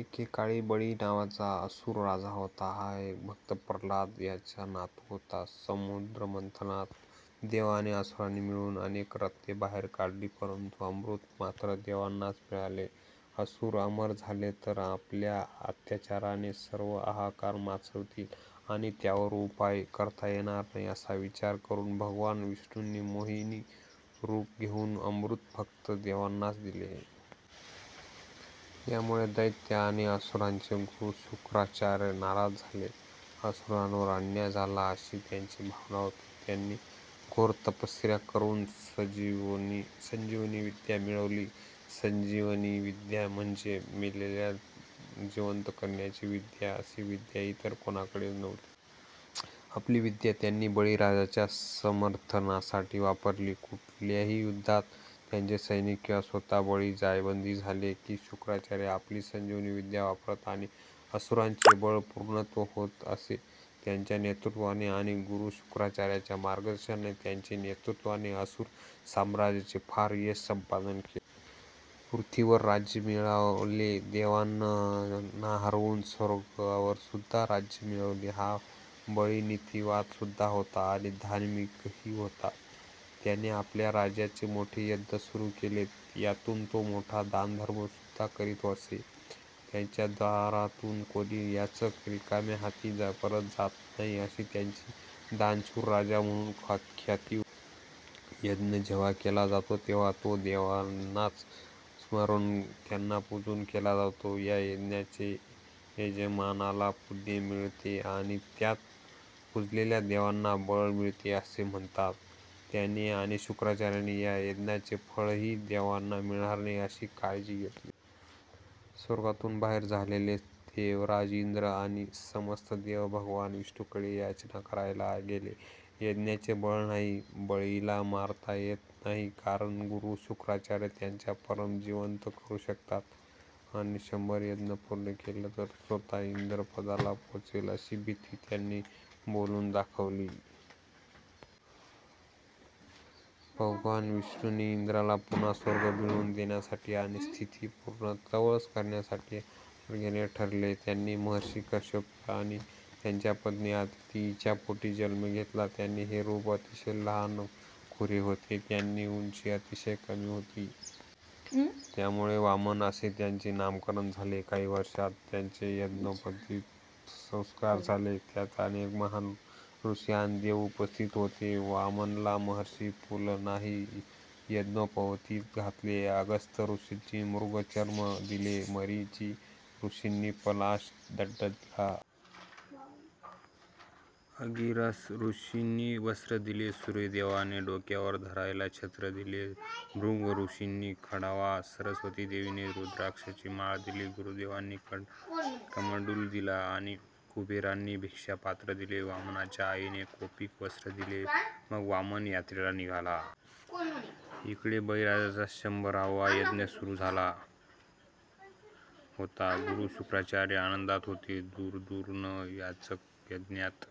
एके काळी बळी नावाचा असुर राजा होता. हा भक्त प्रल्हाद याचा नातु होता. समुद्र मंथनात देव आणि असुरांनी मिळुन अनेक रत्ने बाहेर काढली, परंतु अमृत मात्र देवांनाच मिळाले. असुर अमर झाले तर आपल्या अत्याचाराने सर्वत्र हाहाकार माचवतील आणि त्यावर उपाय करता येणार नाही असा विचार करून भगवान विष्णूंनी मोहिनी रूप घेऊन अमृत फक्त देवांनाच दिले. यामुळे दैत्य आणि असुरांचे गुरु शुक्राचार्य नाराज झाले. असुरांवर अन्याय झाला अशी त्यांची भावना होती. त्यांनी घोर तपश्चर्या करून संजीवनी विद्या मिळवली. संजीवनी विद्या म्हणजे मेलेल्याला जिवंत करण्याची विद्या. अशी विद्या इतर कोणाकडे नव्हती. आपली विद्या त्यांनी बळी राजाच्या समर्थनासाठी वापरली. कुठल्याही युद्धात त्यांचे सैनिक किंवा स्वतः बळी जायबंदी झाले कि शुक्राचार्य आपली संजीवनी विद्या वापरत आणि असुरांचे बळ पूर्ववत होत असे. त्याच्या नेतृत्वाने आणि गुरु शुक्राचार्यांच्या मार्गदर्शनाने त्याच्या नेतृत्वाने असुर साम्राज्याने फार यश संपादन केले. पृथ्वीवर राज्य मिळवले, देवांना हरवुन स्वर्गावरसुद्धा राज्य मिळवले. हा बळी नीतिवान सुद्धा होता आणि धार्मिकही होता. त्याने आपल्या राज्यात मोठे यज्ञ सुरु केले. यातुन तो मोठा दानधर्म सुद्धा करीत असे. त्याच्या द्वारातुन कोणी याचक रिकाम्या हाती परत जात नाही अशी त्याची दानशूर राजा म्हणुन ख्याती होती. यज्ञ जेव्हा केला जातो तेव्हा तो देवतांना स्मरून त्यांना पुजून केला जातो. त्या यज्ञाचे यजमानाला पुण्य मिळते आणि त्यात पुजलेल्या देवतांना बळ मिळते असे म्हणतात. त्याने आणि शुक्राचार्याने या यज्ञाचे फळही देवांना मिळणार नाही अशी काळजी घेतली. स्वर्गातुन बाहेर झालेले देवराज इंद्र आणि समस्त देव भगवान विष्णूंकडे याचना करायला गेले. यज्ञाचे बळ नाही, बळीला मारता येत नाही कारण गुरु शुक्राचार्य त्याला परत जिवंत करू शकतात आणि शंभर यज्ञ पूर्ण केले तर तो स्वतः इंद्रपदाला पोहचेल अशी भीती त्यांनी बोलुन दाखवली. भगवान विष्णूंनी इंद्राला पुन्हा स्वर्ग मिळवुन देण्यासाठी आणि स्थिती पूर्ववत करण्यासाठी अवतार घेण्याचे ठरवले. त्यांनी महर्षी कश्यप आणि त्यांची पत्नी अदिती हिच्या पोटी जन्म घेतला. त्यांचे हे रूप अतिशय लहानखुरे होते. त्यांची उंची अतिशय कमी होती. त्यामुळे वामन असे त्यांचे नामकरण झाले. काही वर्षात त्यांचे यज्ञोपवीत संस्कार झाले. त्यात अनेक महान ऋषी आणि देव उपस्थित होते. वामनाला महर्षी पुलहांनी यज्ञोपवीत घातले. अगस्त्य ऋषींनी मृगचर्म दिले. मरीची ऋषींनी पलाश दंड दिला. अंगिरस ऋषींनी वस्त्र दिले. सूर्यदेवाने डोक्यावर धरायला छत्र दिले. भृगु ऋषींनी खडावा, सरस्वती देवीने रुद्राक्षाची माळ दिली. गुरुदेवांनी कमंडलु दिला आणि कुबेराने भिक्षा पात्र दिले. वामनाच्या आईने कौपिन वस्त्र दिले. मग वामन यात्रेला निघाला. इकडे बळीराजाचा शंभरावा यज्ञ सुरु झाला होता. गुरु शुक्राचार्य आनंदात होते. दूरदूरन याचक यज्ञात